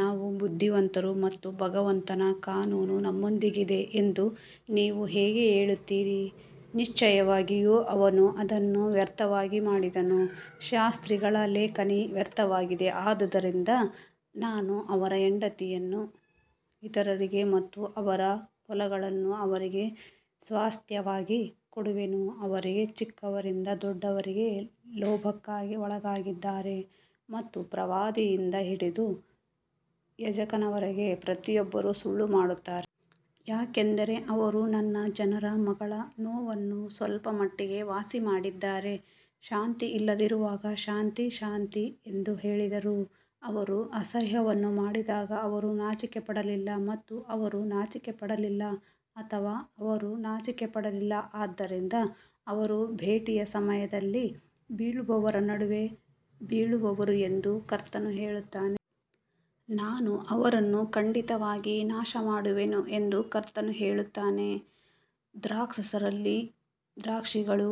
ನಾವು ಬುದ್ಧಿವಂತರು ಮತ್ತು ಭಗವಂತನ ಕಾನೂನು ನಮ್ಮೊಂದಿಗಿದೆ ಎಂದು ನೀವು ಹೇಗೆ ಹೇಳುತ್ತೀರಿ, ನಿಶ್ಚಯವಾಗಿಯೂ ಅವನು ಅದನ್ನು ವ್ಯರ್ಥವಾಗಿ ಮಾಡಿದನು, ಶಾಸ್ತ್ರಿಗಳ ಲೇಖನಿ ವ್ಯರ್ಥವಾಗಿದೆ. ಆದದರಿಂದ ನಾನು ಅವರ ಹೆಂಡತಿಯರನ್ನು ಇತರರಿಗೆ ಮತ್ತು ಅವರ ಹೊಲಗಳನ್ನು ಅವರಿಗೆ ಸ್ವಾಸ್ತ್ಯವಾಗಿ ಕೊಡುವೆನು, ಅವರಿಗೆ ಚಿಕ್ಕವರಿಂದ ದೊಡ್ಡವರವರೆಗೆ ಲೋಭಕ್ಕೆ ಒಳಗಾಗಿದ್ದಾರೆ ಮತ್ತು ಪ್ರವಾದಿಯಿಂದ ಹಿಡಿದು ಯಾಜಕನವರೆಗೆ ಪ್ರತಿಯೊಬ್ಬರೂ ಸುಳ್ಳು ಮಾಡುತ್ತಾರೆ. ಯಾಕಂದರೆ ಅವರು ನನ್ನ ಜನರ ಮಗಳ ನೋವನ್ನು ಸ್ವಲ್ಪಮಟ್ಟಿಗೆ ವಾಸಿಮಾಡಿದ್ದಾರೆ, ಶಾಂತಿ ಇಲ್ಲದಿರುವಾಗ ಶಾಂತಿ ಶಾಂತಿ ಎಂದು ಹೇಳಿದರು. ಅವರು ಅಸಹ್ಯವನ್ನು ಮಾಡಿದಾಗ ಅವರು ನಾಚಿಕೆಪಡಲಿಲ್ಲ ಮತ್ತು ಅವರು ನಾಚಿಕೆಪಡಲಿಲ್ಲ ಅಥವಾ ಅವರು ನಾಚಿಕೆಪಡಲಿಲ್ಲ, ಆದ್ದರಿಂದ ಅವರು ಭೇಟಿಯ ಸಮಯದಲ್ಲಿ ಬೀಳುವವರ ನಡುವೆ ಬೀಳುವರು ಎಂದು ಕರ್ತನು ಹೇಳುತ್ತಾನೆ. ನಾನು ಅವರನ್ನು ಖಂಡಿತವಾಗಿ ನಾಶಮಾಡುವೆನು ಎಂದು ಕರ್ತನು ಹೇಳುತ್ತಾನೆ, ದ್ರಾಕ್ಷಾರಸದಲ್ಲಿ ದ್ರಾಕ್ಷಿಗಳು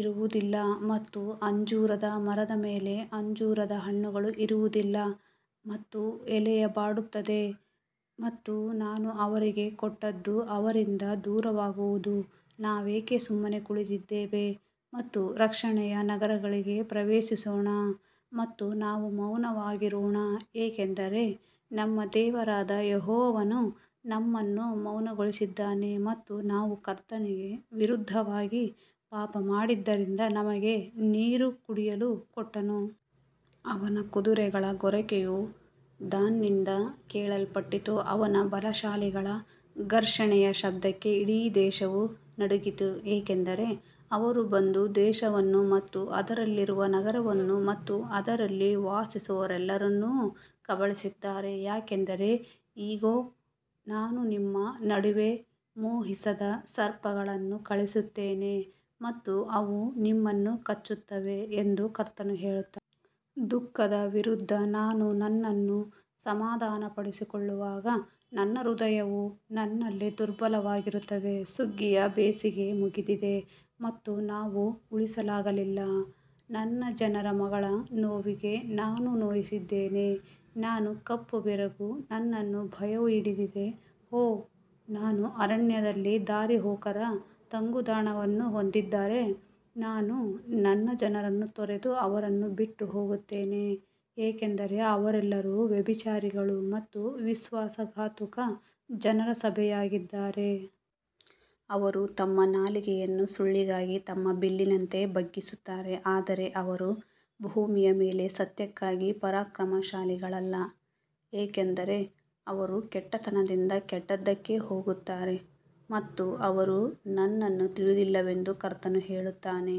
ಇರುವುದಿಲ್ಲ ಮತ್ತು ಅಂಜೂರದ ಮರದ ಮೇಲೆ ಅಂಜೂರದ ಹಣ್ಣುಗಳು ಇರುವುದಿಲ್ಲ ಮತ್ತು ಎಲೆಯು ಬಾಡುತ್ತದೆ ಮತ್ತು ನಾನು ಅವರಿಗೆ ಕೊಟ್ಟದ್ದು ಅವರಿಂದ ದೂರವಾಗುವುದು. ನಾವೇಕೆ ಸುಮ್ಮನೆ ಕುಳಿತಿದ್ದೇವೆ ಮತ್ತು ರಕ್ಷಣೆಯ ನಗರಗಳಿಗೆ ಪ್ರವೇಶಿಸೋಣ ಮತ್ತು ನಾವು ಮೌನವಾಗಿರೋಣ, ಏಕೆಂದರೆ ನಮ್ಮ ದೇವರಾದ ಯೆಹೋವನು ನಮ್ಮನ್ನು ಮೌನಗೊಳಿಸಿದ್ದಾನೆ ಮತ್ತು ನಾವು ಕರ್ತನಿಗೆ ವಿರುದ್ಧವಾಗಿ ಪಾಪಮಾಡಿದ್ದರಿಂದ ನಮಗೆ ನೀರು ಕುಡಿಯಲು ಕೊಟ್ಟನು. ಅವನ ಕುದುರೆಗಳ ಗೊರಕೆಯು ದಾನ್ನಿಂದ ಕೇಳಲ್ಪಟ್ಟಿತು, ಅವನ ಬಲಶಾಲಿಗಳ ಘರ್ಷಣೆಯ ಶಬ್ದಕ್ಕೆ ಇಡೀ ದೇಶವು ನಡುಗಿತು, ಏಕೆಂದರೆ ಅವರು ಬಂದು ದೇಶವನ್ನು ಮತ್ತು ಅದರಲ್ಲಿರುವ ನಗರವನ್ನು ಮತ್ತು ಅದರಲ್ಲಿ ವಾಸಿಸುವವರೆಲ್ಲರನ್ನು ಕಬಳಿಸಿದ್ದಾರೆ. ಯಾಕಂದರೆ ಇಗೋ, ನಾನು ನಿಮ್ಮ ನಡುವೆ ಮೋಹಿಸದ ಸರ್ಪಗಳನ್ನು ಕಳುಹಿಸುತ್ತೇನೆ ಮತ್ತು ಅವು ನಿಮ್ಮನ್ನು ಕಚ್ಚುತ್ತವೆ ಎಂದು ಕರ್ತನು ಹೇಳುತ್ತಾನೆ. ದುಃಖದ ವಿರುದ್ಧ ನಾನು ನನ್ನನ್ನು ಸಮಾಧಾನಪಡಿಸಿಕೊಳ್ಳುವಾಗ ನನ್ನ ಹೃದಯವು ನನ್ನಲ್ಲಿ ದುರ್ಬಲವಾಗಿರುತ್ತದೆ, ಸುಗ್ಗಿಯ ಬೇಸಿಗೆ ಮುಗಿದಿದೆ ಮತ್ತು ನಾವು ಉಳಿಸಲಾಗಿಲ್ಲ, ನನ್ನ ಜನರ ಮಗಳ ನೋವಿಗೆ ನಾನು ನೋಯಿಸಿದ್ದೇನೆ, ನಾನು ಕಪ್ಪು ಬೆರಗು, ನನ್ನನ್ನು ಭಯವು ಹಿಡಿದಿದೆ. ಓಹ್, ನಾನು ಅರಣ್ಯದಲ್ಲಿ ದಾರಿಹೋಕರ ತಂಗುದಾಣವನ್ನು ಹೊಂದಿದ್ದರೆ, ನಾನು ನನ್ನ ಜನರನ್ನು ತೊರೆದು ಅವರನ್ನು ಬಿಟ್ಟು ಹೋಗುತ್ತೇನೆ, ಏಕೆಂದರೆ ಅವರೆಲ್ಲರೂ ವ್ಯಭಿಚಾರಿಗಳು ಮತ್ತು ವಿಶ್ವಾಸಘಾತುಕ ಜನರ ಸಭೆಯಾಗಿದ್ದಾರೆ. ಅವರು ತಮ್ಮ ನಾಲಿಗೆಯನ್ನು ಸುಳ್ಳಿಗಾಗಿ ತಮ್ಮ ಬಿಲ್ಲಿನಂತೆ ಬಗ್ಗಿಸುತ್ತಾರೆ, ಆದರೆ ಅವರು ಭೂಮಿಯ ಮೇಲೆ ಸತ್ಯಕ್ಕಾಗಿ ಪರಾಕ್ರಮಶಾಲಿಗಳಲ್ಲ, ಏಕೆಂದರೆ ಅವರು ಕೆಟ್ಟತನದಿಂದ ಕೆಟ್ಟದ್ದಕ್ಕೆ ಹೋಗುತ್ತಾರೆ ಮತ್ತು ಅವರು ನನ್ನನ್ನು ತಿಳಿದಿಲ್ಲವೆಂದು ಕರ್ತನು ಹೇಳುತ್ತಾನೆ.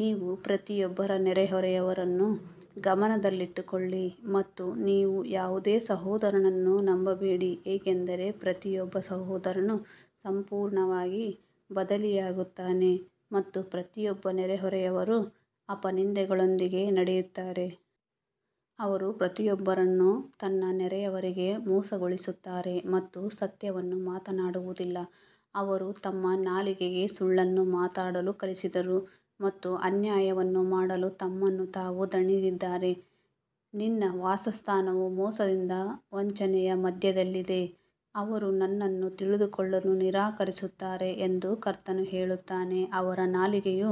ನೀವು ಪ್ರತಿಯೊಬ್ಬರ ನೆರೆಹೊರೆಯವರನ್ನೂ ಗಮನದಲ್ಲಿಟ್ಟುಕೊಳ್ಳಿ ಮತ್ತು ನೀವು ಯಾವುದೇ ಸಹೋದರನನ್ನು ನಂಬಬೇಡಿ, ಏಕೆಂದರೆ ಪ್ರತಿಯೊಬ್ಬ ಸಹೋದರನು ಸಂಪೂರ್ಣವಾಗಿ ಬದಲಿಯಾಗುತ್ತಾನೆ ಮತ್ತು ಪ್ರತಿಯೊಬ್ಬ ನೆರೆಹೊರೆಯವರು ಅಪನಿಂದೆಗಳೊಂದಿಗೆ ನಡೆಯುತ್ತಾರೆ. ಅವರು ಪ್ರತಿಯೊಬ್ಬರನ್ನು ತನ್ನ ನೆರೆಯವರಿಗೆ ಮೋಸಗೊಳಿಸುತ್ತಾರೆ ಮತ್ತು ಸತ್ಯವನ್ನು ಮಾತನಾಡುವುದಿಲ್ಲ, ಅವರು ತಮ್ಮ ನಾಲಿಗೆಗೆ ಸುಳ್ಳನ್ನು ಮಾತನಾಡಲು ಕಲಿಸಿದರು ಮತ್ತು ಅನ್ಯಾಯವನ್ನು ಮಾಡಲು ತಮ್ಮನ್ನು ತಾವು ದಣಿದಿದ್ದಾರೆ. ನಿನ್ನ ವಾಸಸ್ಥಾನವು ಮೋಸದಿಂದ ವಂಚನೆಯ ಮಧ್ಯದಲ್ಲಿದೆ, ಅವರು ನನ್ನನ್ನು ತಿಳಿದುಕೊಳ್ಳಲು ನಿರಾಕರಿಸುತ್ತಾರೆ ಎಂದು ಕರ್ತನು ಹೇಳುತ್ತಾನೆ. ಅವರ ನಾಲಿಗೆಯು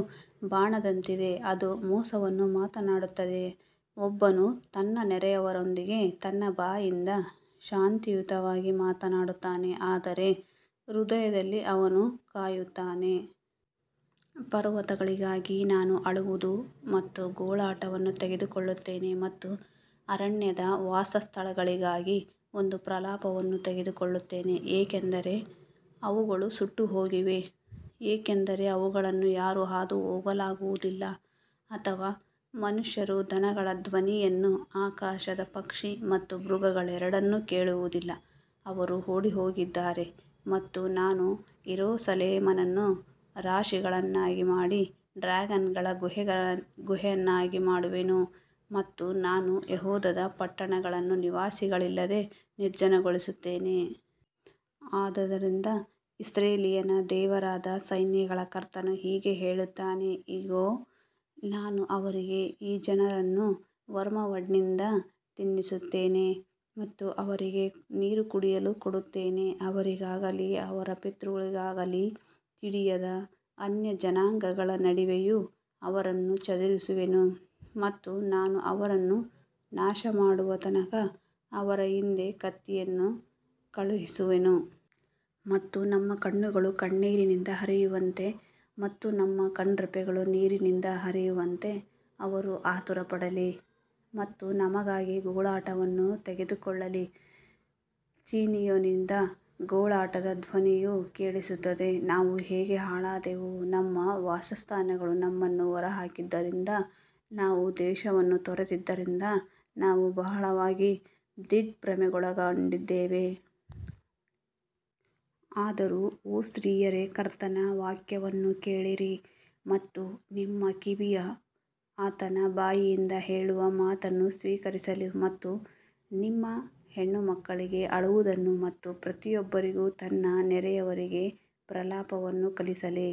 ಬಾಣದಂತಿದೆ, ಅದು ಮೋಸವನ್ನು ಮಾತನಾಡುತ್ತದೆ, ಒಬ್ಬನು ತನ್ನ ನೆರೆಹೊರೆಯವರೊಂದಿಗೆ ತನ್ನ ಬಾಯಿಂದ ಶಾಂತಿಯುತವಾಗಿ ಮಾತನಾಡುತ್ತಾನೆ, ಆದರೆ ಹೃದಯದಲ್ಲಿ ಅವನು ಕಾಯುತ್ತಾನೆ. ಪರ್ವತಗಳಿಗಾಗಿ ನಾನು ಅಳುವುದು ಮತ್ತು ಗೋಳಾಟವನ್ನು ತೆಗೆದುಕೊಳ್ಳುತ್ತೇನೆ ಮತ್ತು ಅರಣ್ಯದ ವಾಸಸ್ಥಳಗಳಿಗಾಗಿ ಒಂದು ಪ್ರಲಾಪವನ್ನು ತೆಗೆದುಕೊಳ್ಳುತ್ತೇನೆ, ಏಕೆಂದರೆ ಅವುಗಳು ಸುಟ್ಟುಹೋಗಿವೆ, ಏಕೆಂದರೆ ಅವುಗಳನ್ನು ಯಾರೂ ಹಾದು ಹೋಗಲಾಗುವುದಿಲ್ಲ ಅಥವಾ ಮನುಷ್ಯರು ದನಗಳ ಧ್ವನಿಯನ್ನು, ಆಕಾಶದ ಪಕ್ಷಿ ಮತ್ತು ಮೃಗಗಳೆರಡನ್ನೂ ಕೇಳುವುದಿಲ್ಲ. ಅವರು ಓಡಿಹೋಗಿದ್ದಾರೆ ಮತ್ತು ನಾನು ಯೆರೂಸಲೇಮನ್ನು ರಾಶಿಗಳನ್ನಾಗಿ ಮತ್ತು ಡ್ರ್ಯಾಗನ್ಗಳ ಗುಹೆಯನ್ನಾಗಿ ಮಾಡುವೆನು ಮತ್ತು ನಾನು ಯೆಹೂದದ ಪಟ್ಟಣಗಳನ್ನು ನಿವಾಸಿಗಳಿಲ್ಲದೆ ನಿರ್ಜನಗೊಳಿಸುತ್ತೇನೆ. ಆದದರಿಂದ ಇಸ್ರಾಯೇಲಿನ ದೇವರಾದ ಸೈನ್ಯಗಳ ಕರ್ತನು ಹೀಗೆ ಹೇಳುತ್ತಾನೆ, ಇಗೋ, ನಾನು ಅವರಿಗೆ ಈ ಜನರನ್ನೂ ವರ್ಮ್ವುಡ್ನಿಂದ ತಿನ್ನಿಸುತ್ತೇನೆ ಮತ್ತು ಅವರಿಗೆ ನೀರು ಕುಡಿಯಲು ಕೊಡುತ್ತೇನೆ. ಅವರಿಗಾಗಲಿ ಅವರ ಪಿತೃಗಳಿಗಾಗಲಿ ತಿಳಿಯದ ಅನ್ಯಜನಾಂಗಗಳ ನಡುವೆಯೂ ಅವರನ್ನು ಚದುರಿಸುವೆನು ಮತ್ತು ನಾನು ಅವರನ್ನು ನಾಶಮಾಡುವ ತನಕ ಅವರ ಹಿಂದೆ ಕತ್ತಿಯನ್ನು ಕಳುಹಿಸುವೆನು. ಮತ್ತು ನಮ್ಮ ಕಣ್ಣುಗಳು ಕಣ್ಣೀರಿನಿಂದ ಹರಿಯುವಂತೆ ಮತ್ತು ನಮ್ಮ ಕಣ್ಣುರೆಪ್ಪೆಗಳು ನೀರಿನಿಂದ ಹರಿಯುವಂತೆ ಅವರು ಆತುರಪಡಲಿ ಮತ್ತು ನಮಗಾಗಿ ಗೋಳಾಟವನ್ನು ತೆಗೆದುಕೊಳ್ಳಲಿ. ಚೀಯೋನಿನಿಂದ ಗೋಳಾಟದ ಧ್ವನಿಯು ಕೇಳಿಸುತ್ತದೆ, ನಾವು ಹೇಗೆ ಹಾಳಾದೆವು, ನಮ್ಮ ವಾಸಸ್ಥಾನಗಳು ನಮ್ಮನ್ನು ಹೊರಹಾಕಿದ್ದರಿಂದ ನಾವು ದೇಶವನ್ನು ತೊರೆದಿದ್ದರಿಂದ ನಾವು ಬಹಳವಾಗಿ ದಿಗ್ಭ್ರಮೆಗೊಂಡಿದ್ದೇವೆ. ಆದರೂ ಓ ಸ್ತ್ರೀಯರೇ, ಕರ್ತನ ವಾಕ್ಯವನ್ನು ಕೇಳಿರಿ ಮತ್ತು ನಿಮ್ಮ ಕಿವಿಯು ಆತನ ಬಾಯಿಂದ ಹೇಳುವ ಮಾತನ್ನು ಸ್ವೀಕರಿಸಲಿ ಮತ್ತು ನಿಮ್ಮ ಹೆಣ್ಣುಮಕ್ಕಳಿಗೆ ಅಳುವುದನ್ನು ಮತ್ತು ಪ್ರತಿಯೊಬ್ಬರಿಗೂ ತನ್ನ ನೆರೆಯವರಿಗೆ ಪ್ರಲಾಪವನ್ನು ಕಲಿಸಲಿ.